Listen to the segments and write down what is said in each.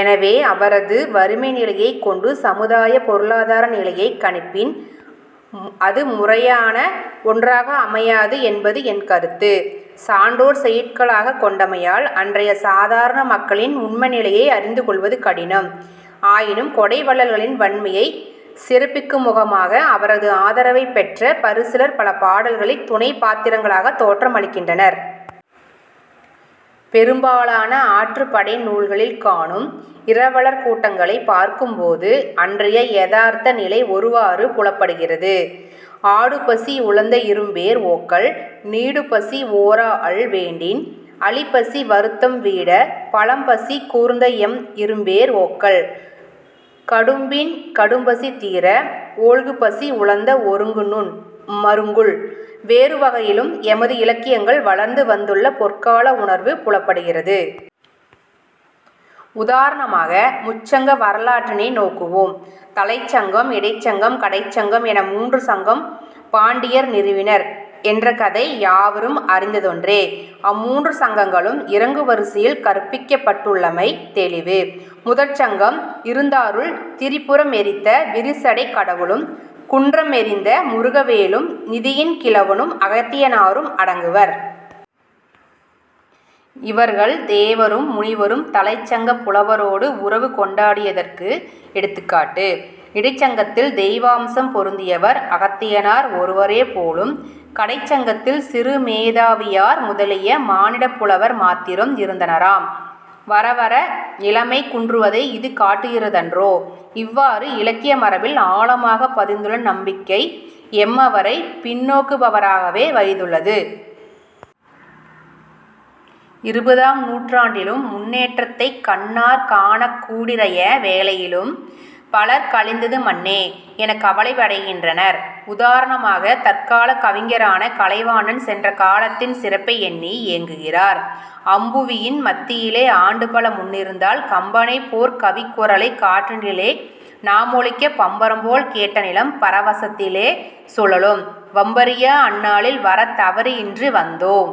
எனவே அவரது வறுமைநிலையைக் கொண்டு சமுதாயப் பொருளாதார நிலையைக் கணிப்பின் அது முறையான ஒன்றாக அமையாது என்பது என் கருத்து. சான்றோர் செய்யுட்களாகக் கொண்டமையால் அன்றைய சாதாரண மக்களின் உண்மை நிலையை அறிந்து கொள்வது கடினம். ஆயினும் கொடை வள்ளல்களின் வண்மையைச் சிறப்பிக்குமுகமாக, அவரது ஆதரவைப் பெற்ற பரிசிலர் பல பாடல்களில் துணைப் பாத்திரங்களாகத் தோற்றமளிக்கின்றனர். பெரும்பாலான ஆற்றுப் படை நூல்களில் காணும் இரவலர் கூட்டங்களைப் பார்க்கும்போது, அன்றைய யதார்த்த நிலை ஒருவாறு புலப்படுகிறது. "ஆடுபசி உழந்த இரும்பேர் ஒக்கல்" "நீடுபசி ஒராஅல் வேண்டின்" "அழிபசி வருத்தம் வீட" "பழம்பசி கூர்ந்தஎம் இரும்பேர் ஒக்கல்" "கடும்பின் கடும்பசி தீர" "ஒல்குபசி உழந்த ஒருங்கு நுண் மருங்குல்" வேறுவகையிலும் எமது இலக்கியங்கள் வளர்ந்து வந்துள்ள பொற்கால உணர்வு புலப்படுகிறது. உதாரணமாக முச்சங்க வரலாற்றினை நோக்குவோம். தலைச்சங்கம், இடைச்சங்கம், கடைச்சங்கம் என மூன்று சங்கம் பாண்டியர் நிறுவினர் என்ற கதை யாவரும் அறிந்ததொன்றே. அம்மூன்று சங்கங்களும் இறங்கு வரிசையில் கற்பிக்கப்பட்டுள்ளமை தௌிவு. முதற் சங்கம் இருந்தாருள் திரிபுரமெரித்த விரிசடைக் கடவுளும், குன்றமெறிந்த முருகவேளும், நிதியின் கிழவனும், அகத்தியனாரும் அடங்குவர். இவர்கள் தேவரும் முனிவரும் தலைச்சங்கப் புலவரோடு உறவு கொண்டாடியதற்கு எடுத்துக்காட்டு. இடைச் சங்கத்தில் தெய்வாம்சம் பொருந்தியவர் அகத்தியனார் ஒருவரேபோலும். கடைச்சங்கத்தில் சிறுமேதாவியார் முதலிய மானிடப் புலவர் மாத்திரும் இருந்தனராம். வரவர நிலைமை குன்றுவதை இது காட்டுகிறதன்றோ! இவ்வாறு இலக்கிய மரபில் ஆழமாகப் பதிந்துள்ள நம்பிக்கை எம்மவரைப் பின்னோக்குபவராகவே வைதுளது. இருபதாம் நூற்றாண்டிலும்-முன்னேற்றத்தைக் கண்ணாற் காணக்கூடிறய வேளையிலும்-பலர் "கழிந்தது மன்னே" எனக் கவலையடைகின்றனர். உதாரணமாக, தற்காலக் கவிஞரான கலைவாணன் சென்ற காலத்தின் சிறப்பையெண்ணி ஏங்குகிறார். "அம்புவியின் மத்தியிலே ஆண்டுபல முன்னிருந்தால் கம்பனைப் போற் கவிக்குரலைக் காற்றினிலே நாமொலிக்கப் பம்பரம்போல் கேட்ட நிலம் பரவசத்திலே சுழலும் வம்பறியா அந் நாளில் வரத் தவறி இன்று வந்தோம்.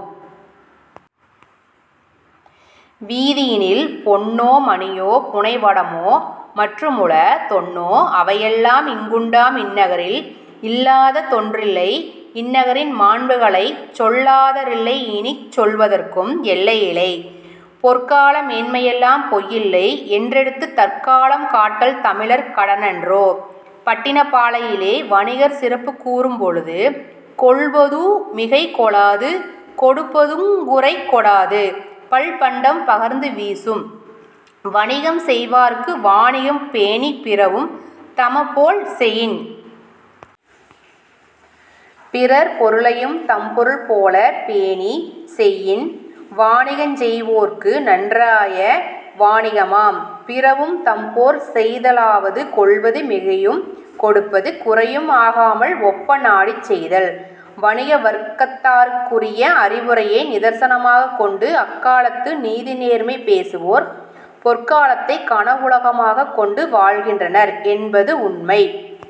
"வீதியினில் பொன்னோ மணியோ, புனைவடமோ மற்றுமுள தொன்னோ அவையெல்லாம் இங்குண்டாம் இந்நகரில் இல்லாத தொன்றில்லை இந் நகரின் மாண்புகளைச் சொல்லாதா ரில்லையினிச் சொல்வதற்கும் எல்லையிலை. பொற்கால மேன்மையெலாம் பொய்யில்லை என்றெடுத்துத் தற்காலம் காட்டல் தமிழர் கடனன்றோ. " பட்டினப்பாலையிலே வணிகர் சிறப்புக் கூறும் பொழுது, "கொள்வதூஉ மிகை கொளாது கொடுப்பதூஉங் குறை கொடாது பல்பண்டம் பகர்ந்து வீசும்" "வணிகம் செய்வார்க்கு வாணிகம் பேணிப் பிறவும் தமபோல் செயின். " "பிறர் பொருளையும் தம்பொருள் போலப் பேணிச் செய்யின், வாணிகஞ் செய்வோர்க்கு நன்றாய வாணிகம் ஆம். பிறவும் தம்போற் செய்தலாவது கொள்வது மிகையும் கொடுப்பது குறையும் ஆகாமல் ஒப்ப நாடிச் செய்தல். " வணிக வர்க்கத்தாருக்குரிய அறிவுரையை நிதர்சனமாகக் கொண்டு, அக்காலத்து "நீதிநேர்மை" பேசுவோர் பொற்காலத்தைக் கனவுலகமாகக் கொண்டு வாழ்கின்றனர் என்பது உண்மை.